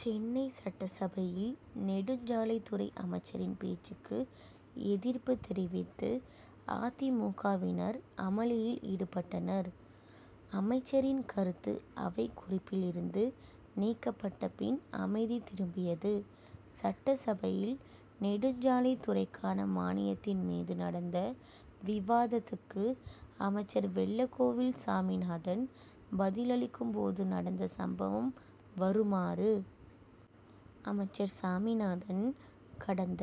சென்னை சட்டசபையில் நெடுஞ்சாலைத் துறை அமைச்சரின் பேச்சுக்கு எதிர்ப்பு தெரிவித்து அ. தி. மு. க.வினர் அமளியில் ஈடுபட்டனர். அமைச்சரின் கருத்து அவைக் குறிப்பில் இருந்து நீக்கப்பட்ட பின் அமைதி திரும்பியது. சட்டசபையில் நெடுஞ்சாலைத் துறைக்கான மானியத்தின் மீது நடந்த விவாதத்துக்கு அமைச்சர் வெள்ளக்கோவில் சாமிநாதன் பதிலளிக்கும் போது நடந்த சம்பவம் வருமாறு. அமைச்சர் சாமிநாதன் கடந்த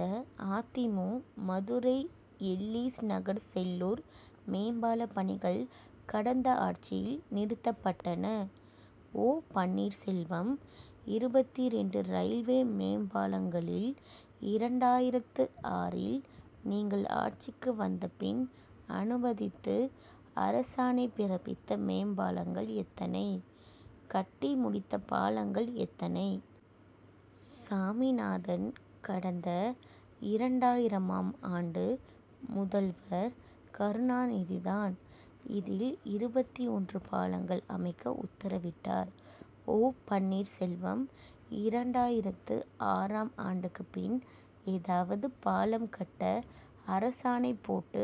அ. தி. மு. மதுரை எல்லீஸ் நகர் செல்லூர் மேம்பாலப் பணிகள் கடந்த ஆட்சியில் நிறுத்தப்பட்டன. ஓ. பன்னீர்செல்வம் இருபத்தி இரண்டு ரயில்வே மேம்பாலங்களில் இரண்டாயிரத்து ஆறில் நீங்கள் ஆட்சிக்கு வந்த பின் அனுமதித்து அரசாணை பிறப்பித்த மேம்பாலங்கள் எத்தனை? கட்டி முடித்த பாலங்கள் எத்தனை? சாமிநாதன் கடந்த இரண்டாயிரமாம் ஆண்டு முதல்வர் கருணாநிதி தான் இதில் இருபத்தி ஒன்று பாலங்கள் அமைக்க உத்தரவிட்டார். ஓ. பன்னீர்செல்வம் இரண்டாயிரத்து ஆறாம் ஆண்டுக்கு பின் ஏதாவது பாலம் கட்ட அரசாணை போட்டு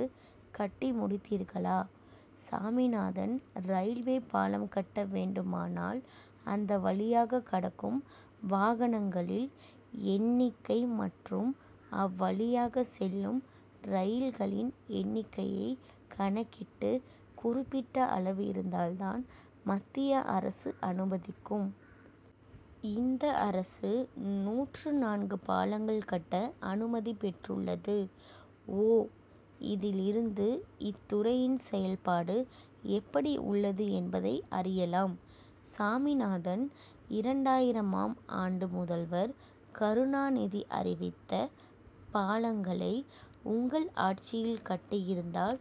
கட்டி முடித்தீர்களா? சாமிநாதன் ரயில்வே பாலம் கட்ட வேண்டுமானால் அந்த வழியாக கடக்கும் வாகனங்களில் எண்ணிக்கை மற்றும் அவ்வழியாக செல்லும் ரயில்களின் எண்ணிக்கையை கணக்கிட்டு குறிப்பிட்ட அளவு இருந்தால் தான் மத்திய அரசு அனுமதிக்கும். இந்த அரசு நூற்று நான்கு பாலங்கள் கட்ட அனுமதி பெற்றுள்ளது. ஓ. இதில் இருந்து இத்துறையின் செயல்பாடு எப்படி உள்ளது என்பதை அறியலாம். சாமிநாதன் இரண்டாயிரமாம் ஆண்டு முதல்வர் கருணாநிதி அறிவித்த பாலங்களை உங்கள் ஆட்சியில் கட்டியிருந்தால்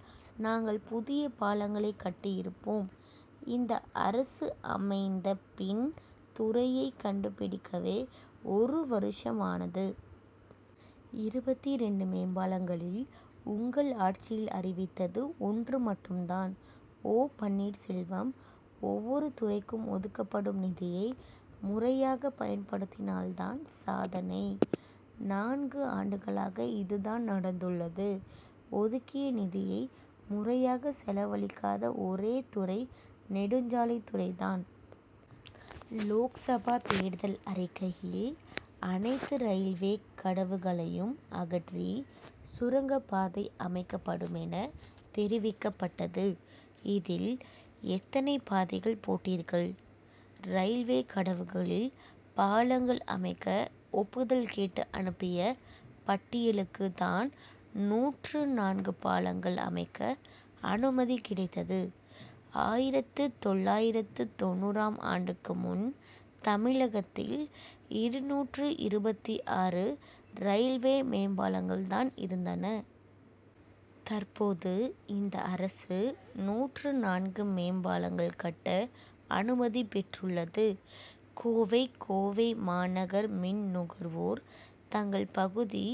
நாங்கள் புதிய பாலங்களை கட்டி இருப்போம். இந்த அரசு அமைந்த பின் துறையை கண்டுபிடிக்கவே ஒரு வருஷம் ஆனது. இருபத்தி இரண்டு மேம்பாலங்களில் உங்கள் ஆட்சியில் அறிவித்தது ஒன்று மட்டும் தான். ஓ. பன்னீர்செல்வம் ஒவ்வொரு துறைக்கும் ஒதுக்கப்படும் நிதியை முறையாக பயன்படுத்தினால் தான் சாதனை. நான்கு ஆண்டுகளாக இது தான் நடந்துள்ளது. ஒதுக்கிய நிதியை முறையாக செலவழிக்காத ஒரே துறை நெடுஞ்சாலைத் துறை தான். லோக்சபா தேர்தல் அறிக்கையில் அனைத்து ரயில்வே கடவுகளையும் அகற்றி சுரங்கப்பாதை அமைக்கப்படுமென தெரிவிக்கப்பட்டது. இதில் எத்தனை பாதைகள் போட்டீர்கள். ரயில்வே கடவுகளில் பாலங்கள் அமைக்க ஒப்புதல் கேட்டு அனுப்பிய பட்டியலுக்கு தான் நூற்று நான்கு பாலங்கள் அமைக்க அனுமதி கிடைத்தது. ஆயிரத்து தொள்ளாயிரத்து தொண்ணூறாம் ஆண்டுக்கு முன் தமிழகத்தில் இருநூற்று இருபத்தி ஆறு ரயில்வே மேம்பாலங்கள் தான் இருந்தன. தற்போது இந்த அரசு நூற்று நான்கு மேம்பாலங்கள் கட்ட அனுமதி பெற்றுள்ளது. கோவை கோவை மாநகர் மின் நுகர்வோர் தங்கள் பகுதி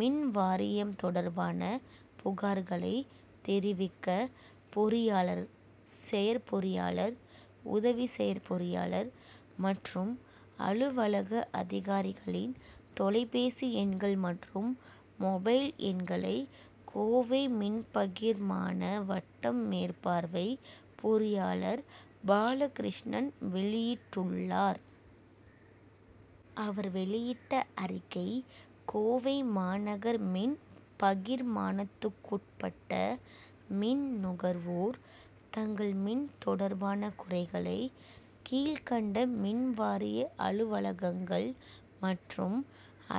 மின்வாரியம் தொடர்பான புகார்களை தெரிவிக்க பொறியாளர் செயற்பொறியாளர் உதவி செயற்பொறியாளர் மற்றும் அலுவலக அதிகாரிகளின் தொலைபேசி எண்கள் மற்றும் மொபைல் எண்களை கோவை மின்பகிர்மான வட்டம் மேற்பார்வை பொறியாளர் பாலகிருஷ்ணன் வெளியிட்டுள்ளார். அவர் வெளியிட்ட அறிக்கை கோவை மாநகர் மின் பகிர்மானத்துக்குட்பட்ட மின் நுகர்வோர் தங்கள் மின் தொடர்பான குறைகளை கீழ்கண்ட மின்வாரிய அலுவலகங்கள் மற்றும்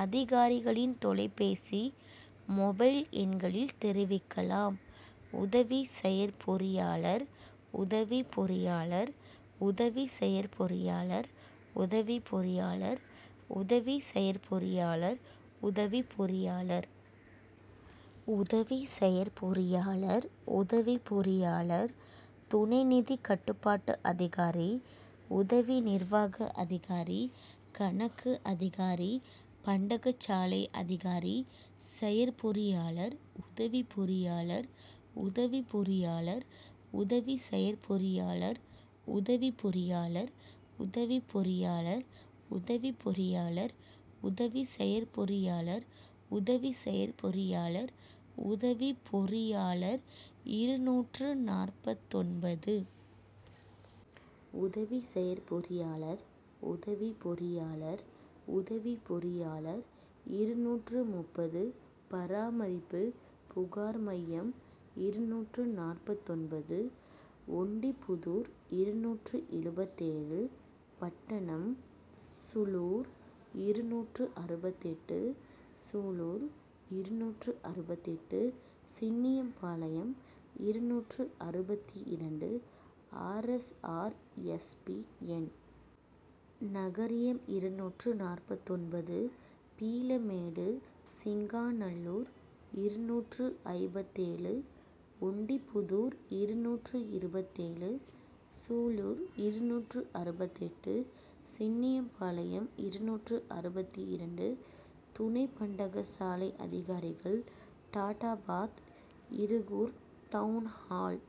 அதிகாரிகளின் தொலைபேசி மொபைல் எண்களில் தெரிவிக்கலாம். உதவி செயற்பொறியாளர். உதவி பொறியாளர். உதவி செயற்பொறியாளர். உதவி பொறியாளர். உதவி செயற்பொறியாளர். உதவி பொறியாளர். உதவி செயற்பொறியாளர். உதவி பொறியாளர். துணை நிதி கட்டுப்பாட்டு அதிகாரி. உதவி நிர்வாக அதிகாரி. கணக்கு அதிகாரி. பண்டகசாலை அதிகாரி. செயற்பொறியாளர். உதவி பொறியாளர். உதவி பொறியாளர். உதவி செயற்பொறியாளர். உதவி பொறியாளர். உதவி பொறியாளர். உதவி பொறியாளர். உதவி செயற்பொறியாளர். உதவி செயற்பொறியாளர். உதவி பொறியாளர் இருநூற்று நாற்பத்தொன்பது. உதவி செயற்பொறியாளர். உதவி பொறியாளர். உதவி பொறியாளர் இருநூற்று முப்பது. பராமரிப்பு. புகார் மையம் இருநூற்று நாற்பத்தொன்பது. ஒண்டிப்புதூர் இருநூற்று இருபத்தேழு. பட்டணம். சூலூர் இருநூற்று அறுபத்தெட்டு. சூலூர் இருநூற்று அறுபத்தெட்டு. சின்னியம்பாளையம் இருநூற்று அறுபத்தி இரண்டு. R. S. R. S. P. N. நகரியம் இருநூற்று நாற்பத்தொன்பது. பீளமேடு. சிங்காநல்லூர் இருநூற்று ஐம்பத்தேழு. ஒண்டிப்புதூர் இருநூற்று இருபத்தேழு. சூலூர் இருநூற்று அறுபத்தெட்டு. சின்னியம்பாளையம் இருநூற்று அறுபத்தி இரண்டு. துணை பண்டக சாலை அதிகாரிகள் டாடாபாத். இருகூர். டவுன்ஹால்.